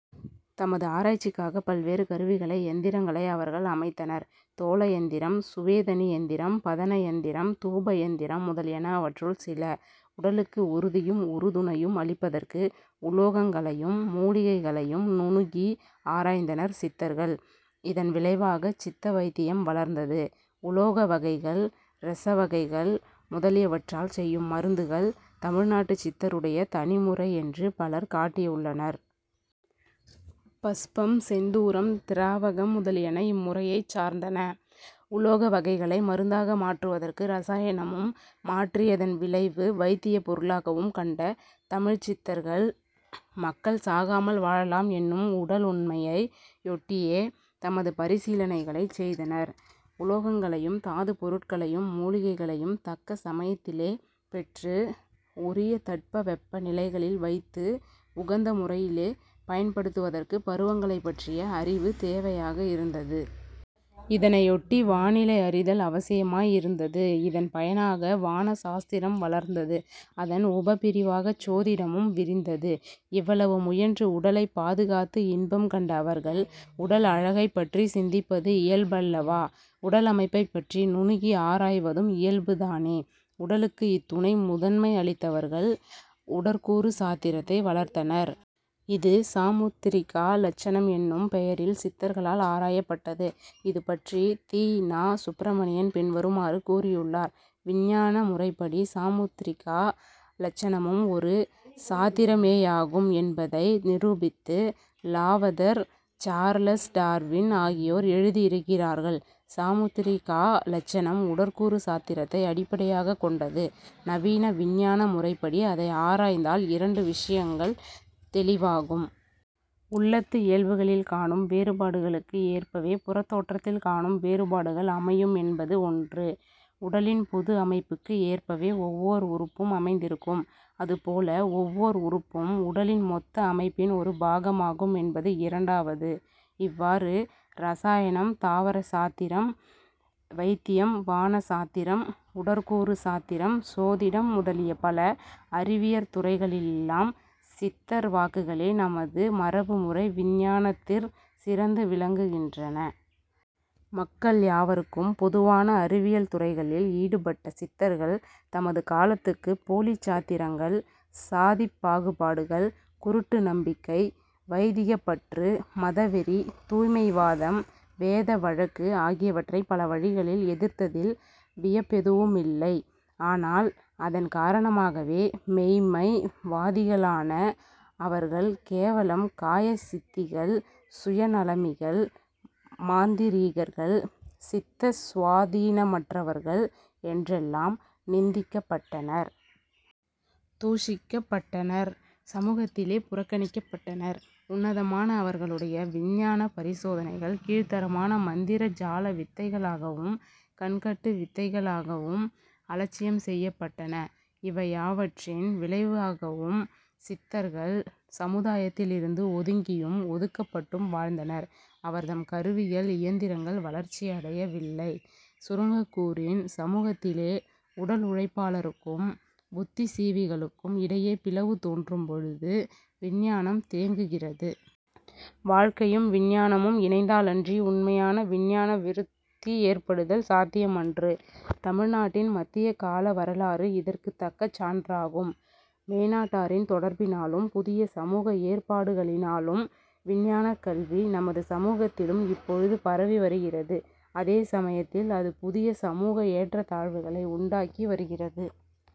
தமது ஆராய்ச்சிக்காகப் பல்வேறு கருவிகளை யந்திரங்களை அவர்கள் அமைத்தனர். தோலயந்திரம், சுவேதனியந்திரம், பதன யந்திரம், தூபயந்திரம் முதலியன அவற்றுள் சில. உடலுக்கு உறுதியும் உறுதுணையும் அளிப்பதற்கு உலோகங்களையும் மூலிகைகளையும் நுணுகி ஆராய்ந்தனர் சித்தர்கள். இதன் விளைவாகச் சித்த வைத்தியம் வளர்ந்தது. உலோக வகைகள், இரசவகைகள் முதலியவற்றால் செய்யும் மருந்துகள், தமிழ் நாட்டுச் சித்தருடைய தனிமுறை என்று பலர் காட்டியுள்ளனர். பஸ்பம், செந்தூரம், திராவகம் முதலியன இம்முறையைச் சார்ந்தன. உலோக வகைகளை மருந்தாக மாற்றுவதற்கு இரசாயனமும், மாற்றியதன் விளைவு வைத்தியப் பொருளாகவும் கண்ட தமிழ்ச் சித்தர்கள், மக்கள் சாகாமல் வாழலாம் என்னும் உடல் உண்மையை யொட்டியே தமது பரிசீலனைகளைச் செய்தனர். உலோகங்களையும், தாதுப் பொருட்களையும் மூலிகைகளையும் தக்க சமயத்திலே பெற்று, உரிய தட்பவெப்ப நிலைகளில் வைத்து, உகந்த முறையிலே பயன்படுத்துவதற்குப் பருவங்களைப் பற்றிய அறிவு தேவையாக இருந்தது. இதனையொட்டி வானிலை அறிதல் அவசியமாயிருந்தது. இதன் பயனாக வான சாஸ்திரம் வளர்ந்தது. அதன் உபபிரிவாகச் சோதிடமும் விரிந்தது. இவ்வளவு முயன்று உடலைப் பாதுகாத்து இன்பம் கண்ட அவர்கள் உடல் அழகைப் பற்றி சிந்திப்பது இயல்பல்லவா? உடலமைப்பைப் பற்றி நுணுகி ஆராய்வதும் இயல்புதானே. உடலுக்கு இத்துணை முதன்மை அளித்தவர்கள் உடற்கூறு சாத்திரத்தை வளர்த்தனர். இது சாமுத்திரிகா லட்சணம் என்னும் பெயரில் சித்தர்களால் ஆராயப்பட்டது. இதுபற்றி தி. நா. சுப்பிரமணியன் பின்வருமாறு கூறியுள்ளார்: "விஞ்ஞான முறைப்படி சாமுத்திரிகா லட்சணமும் ஒரு சாத்திரமேயாகும் என்பதை நிரூபித்து, லாவதர், சார்லஸ் டார்வின் ஆகியோர் எழுதியிருக்கிறார்கள். சாமுத்திரிகா லட்சணம் உடற்கூறு சாத்திரத்தை அடிப்படையாகக் கொண்டது. நவீன விஞ்ஞான முறைப்படி அதை ஆராய்ந்தால் இரண்டு விஷயங்கள் தௌிவாகும். உள்ளத்து இயல்புகளில் காணும் வேறுபாடுகளுக்கு ஏற்பவே புறத்தோற்றத்தில் காணும் வேறுபாடுகள் அமையும் என்பது ஒன்று. உடலின் பொது அமைப்புக்கு ஏற்பவே ஒவ்வோர் உறுப்பும் அமைந்திருக்கும். அதுபோல ஒவ்வோர் உறுப்பும் உடலின் மொத்த அமைப்பின் ஒரு பாகமாகும் என்பது இரண்டாவது. " இவ்வாறு இரசாயனம், தாவர சாத்திரம், வைத்தியம், வானசாத்திரம், உடற்கூறு சாத்திரம், சோதிடம் முதலிய பல அறிவியற் துறைகளிலெல்லாம் சித்தர் வாக்குகளே நமது மரபு முறை விஞ்ஞானத்திற் சிறந்து விளங்குகின்றன. மக்கள் யாவருக்கும் பொதுவான அறிவியல் துறைகளில் ஈடுபட்ட சித்தர்கள் தமது காலத்துக்குப் போலிச் சாத்திரங்கள், சாதிப் பாகுபாடுகள், குருட்டு நம்பிக்கை, வைதிகப் பற்று, மதவெறி, தூய்மை வாதம், வேத வழக்கு ஆகியவற்றைப் பல வழிகளில் எதிர்த்ததில் வியப்பெதுவுமில்லை. ஆனால் அதன் காரணமாகவே மெய்ம்மை வாதிகளான அவர்கள் கேவலம் காய சித்திகள், சுயநலமிகள், மாந்திரீகர்கள், சித்த சுவாதீனமற்றவர்கள் என்றெல்லாம் நிந்திக்கப்பட்டனர். தூஷிக்கப்பட்டனர். சமூகத்திலே புறக்கணிக்கப்பட்டனர். உன்னதமான அவர்களுடைய விஞ்ஞானப் பரிசோதனைகள் கீழ்த்தரமான மந்திர ஜால வித்தைகளாகவும், கண்கட்டு வித்தைகளாகவும், அலட்சியம் செய்யப்பட்டன. இவை யாவற்றின் விளைவாகவும் சித்தர்கள் சமுதாயத்தில் இருந்து ஒதுங்கியும், ஒதுக்கப்பட்டும் வாழ்ந்தனர். அவர்தம் கருவிகள் இயந்திரங்கள் வளர்ச்சியடைய வில்லை. சுருங்கக்கூறின், சமூகத்திலே உடலுழைப்பாளருக்கும் புத்திசீவிகளுக்கும் இடையே பிளவு தோன்றும் பொழுது விஞ்ஞானம் தேங்குகிறது. வாழ்க்கையும் விஞ்ஞானமும் இணைந்தாலன்றி உண்மையான விஞ்ஞான விருத்தி ஏற்படுதல் சாத்தியமன்று. தமிழ் நாட்டின் மத்தியகால வரலாறு இதற்குத் தக்க சான்றாகும். மேனாட்டாரின் தொடர்பினாலும், புதிய சமூக ஏற்பாடுகளினாலும் விஞ்ஞானக் கல்வி, நமது சமூகத்திலும் இப்பொழுது பரவி வருகிறது. அதே சமயத்தில் அது புதிய சமூக ஏற்றத்தாழ்வுகளை உண்டாக்கி வருகிறது.